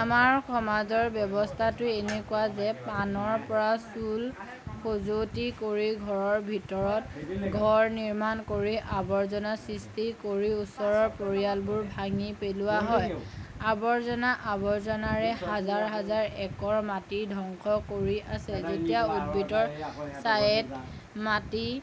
আমাৰ সমাজ ব্যৱস্থাটো এনেকুৱা যে পানৰ পৰা চুন খজুৱতি কৰি ঘৰৰ ভিতৰত ঘৰ নিৰ্মাণ কৰি আৱৰ্জনা সৃষ্টি কৰি ওচৰৰ পৰিয়ালবোৰ ভাঙি পেলোৱা হয়। আৱৰ্জনা, আৱৰ্জনাৰে হাজাৰ হাজাৰ একৰ মাটি ধ্বংস কৰি আছে। যেতিয়া উদ্ভিদৰ ছায়াত মাটিত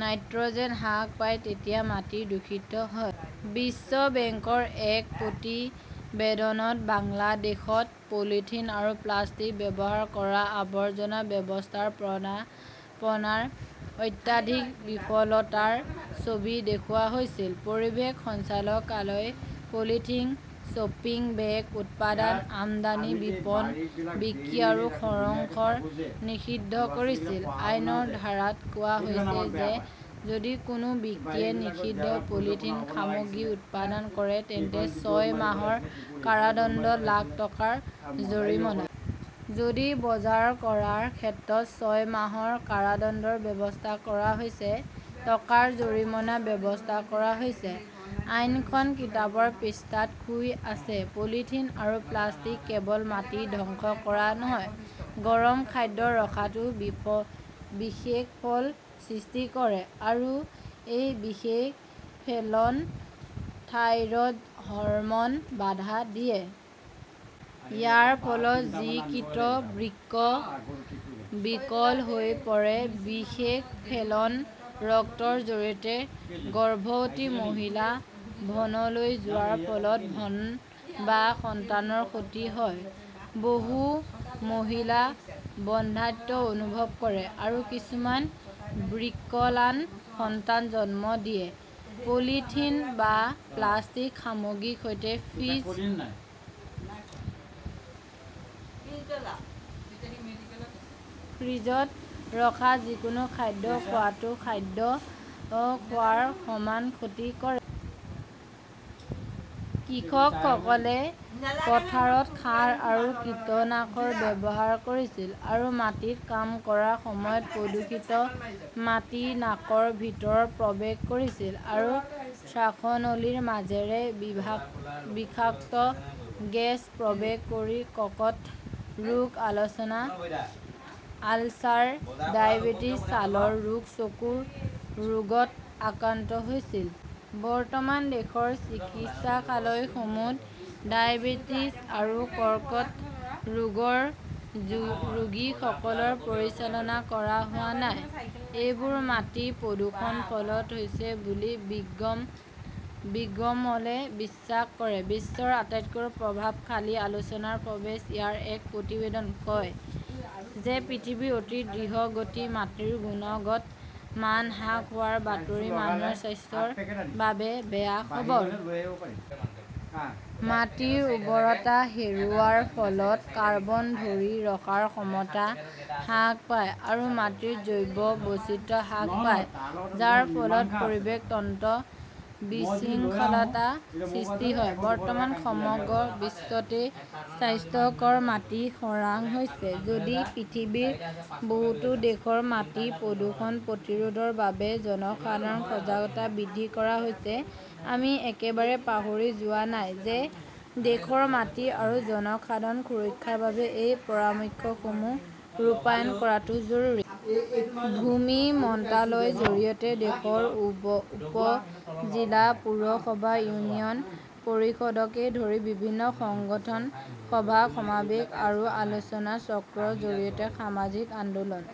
নাইট্ৰ'জেন হ্ৰাস পায় তেতিয়া মাটি দূষিত হয়। বিশ্ব বেংকৰ এক প্ৰতিবেদনত বাংলাদেশত পলিথিন আৰু প্লাষ্টিক ব্যৱহাৰ কৰা আৱৰ্জনা ব্যৱস্থাপনাৰ অত্যাধিক বিফলতাৰ ছবি দেখুওৱা হৈছিল। পৰিৱেশ সঞ্চালকালয়ই পলিথিন শ্বপিং বেগ উৎপাদন, আমদানি, বিপণন, বিক্ৰী আৰু সংৰক্ষণ নিষিদ্ধ কৰিছিল। আইনৰ ধাৰাত কোৱা হৈছে যে যদি কোনো ব্যক্তিয়ে নিষিদ্ধ পলিথিন সামগ্ৰী উৎপাদন কৰে, তেন্তে ছয় মাহৰ কাৰাদণ্ড, লাখ টকাৰ জৰিমনা। যদিও বজাৰ কৰাৰ ক্ষেত্ৰত ছয় মাহৰ কাৰাদণ্ডৰ ব্যৱস্থা কৰা হৈছে, টকাৰ জৰিমনাৰ ব্যৱস্থা কৰা হৈছে, আইনখন কিতাপৰ পৃষ্ঠাত শুই আছে। পলিথিন আৰু প্লাষ্টিক কেৱল মাটি ধ্বংস কৰাই নহয়, গৰম খাদ্য ৰখাটোৱে বিষফল সৃষ্টি কৰে আৰু এই বিষফেলন থাইৰয়ড হৰমনক বাধা দিয়ে। ইয়াৰ ফলত যিকৃত, বৃক্ক বিকল হৈ পৰে। বিষেশ ফেলন ৰক্তৰ জৰিয়তে গৰ্ভৱতী মহিলাৰ ভ্ৰূণলৈ যোৱাৰ ফলত ভ্ৰূণ বা সন্তানৰ ক্ষতি হয়। বহু মহিলাই বন্ধ্যাত্ব অনুভৱ কৰে আৰু কিছুমানে বিকলান সন্তান জন্ম দিয়ে। পলিথিন বা প্লাষ্টিকৰ সামগ্ৰীৰ সৈতে ফ্ৰিজত ৰখা যিকোনো খাদ্য খোৱাটোৱে খাদ্য খোৱাৰ সমান ক্ষতি কৰে। কৃষকসকলে পথাৰত সাৰ আৰু কীটনাশক ব্যৱহাৰ কৰিছিল আৰু মাটিত কাম কৰাৰ সময়ত প্ৰদূষিত মাটি নাকৰ ভিতৰত প্ৰৱেশ কৰিছিল আৰু শ্বাসনলীৰ মাজেৰে বিষাক্ত গেছ প্ৰৱেশ কৰি কৰ্কট ৰোগ, আলচাৰ, ডায়েবেটিছ, ছালৰ ৰোগ, চকুৰ ৰোগত আক্ৰান্ত হৈছিল। বৰ্তমান দেশৰ চিকিৎসালয়সমূহত ডায়েবেটিছ আৰু কৰ্কট ৰোগৰ ৰোগীসকলৰ পৰিচালনা কৰা হোৱা নাই। এইবোৰ মাটিৰ প্ৰদূষণৰ ফলত হৈছে বুলি বিজ্ঞমহলে বিশ্বাস কৰে। বিশ্বৰ আটাইতকৈ প্ৰভাৱশালী আলোচনাৰ ফৰ্বছে ইয়াৰ এক প্ৰতিবেদনত কয় যে পৃথিৱীত অতি দ্ৰিহগতিত মাটিৰ গুণগত মান হ্ৰাস হোৱাৰ বাতৰি মানুহৰ স্বাস্থ্যৰ বাবে বেয়া খবৰ। মাটিৰ উৰ্বৰতা হেৰুওৱাৰ ফলত কাৰ্বন ধৰি ৰখাৰ ক্ষমতা হ্ৰাস পায় আৰু মাটিৰ জৈৱ বৈচিত্ৰ্য হ্ৰাস পায়, যাৰ ফলত পৰিৱেশ তন্ত্ৰ বিশৃংখলতাৰ সৃষ্টি হয়। বৰ্তমান সমগ্ৰ বিশ্বতে স্বাস্থ্যকৰ মাটিৰ খৰাং হৈছে। যদি পৃথিৱীৰ বহুতো দেশত মাটিৰ প্ৰদূষণ প্ৰতিৰোধৰ বাবে জনসাধাৰণ সজাগতা বৃদ্ধি কৰা হৈছে, আমি একেবাৰে পাহৰি যোৱা নাই যে দেশৰ মাটি আৰু জনসাধাৰণৰ সুৰক্ষাৰ বাবে এই পৰামৰ্শসমূহ ৰূপায়ণ কৰাটো জৰুৰী। ভূমি মন্ত্ৰালয় জৰিয়তে দেশৰ উপ-জিলা, পৌৰসভা, ইউনিয়ন পৰিষদকে ধৰি বিভিন্ন সংগঠন সভা, সমাৱেশ আৰু আলোচনাচক্ৰৰ জৰিয়তে সামাজিক আন্দোলন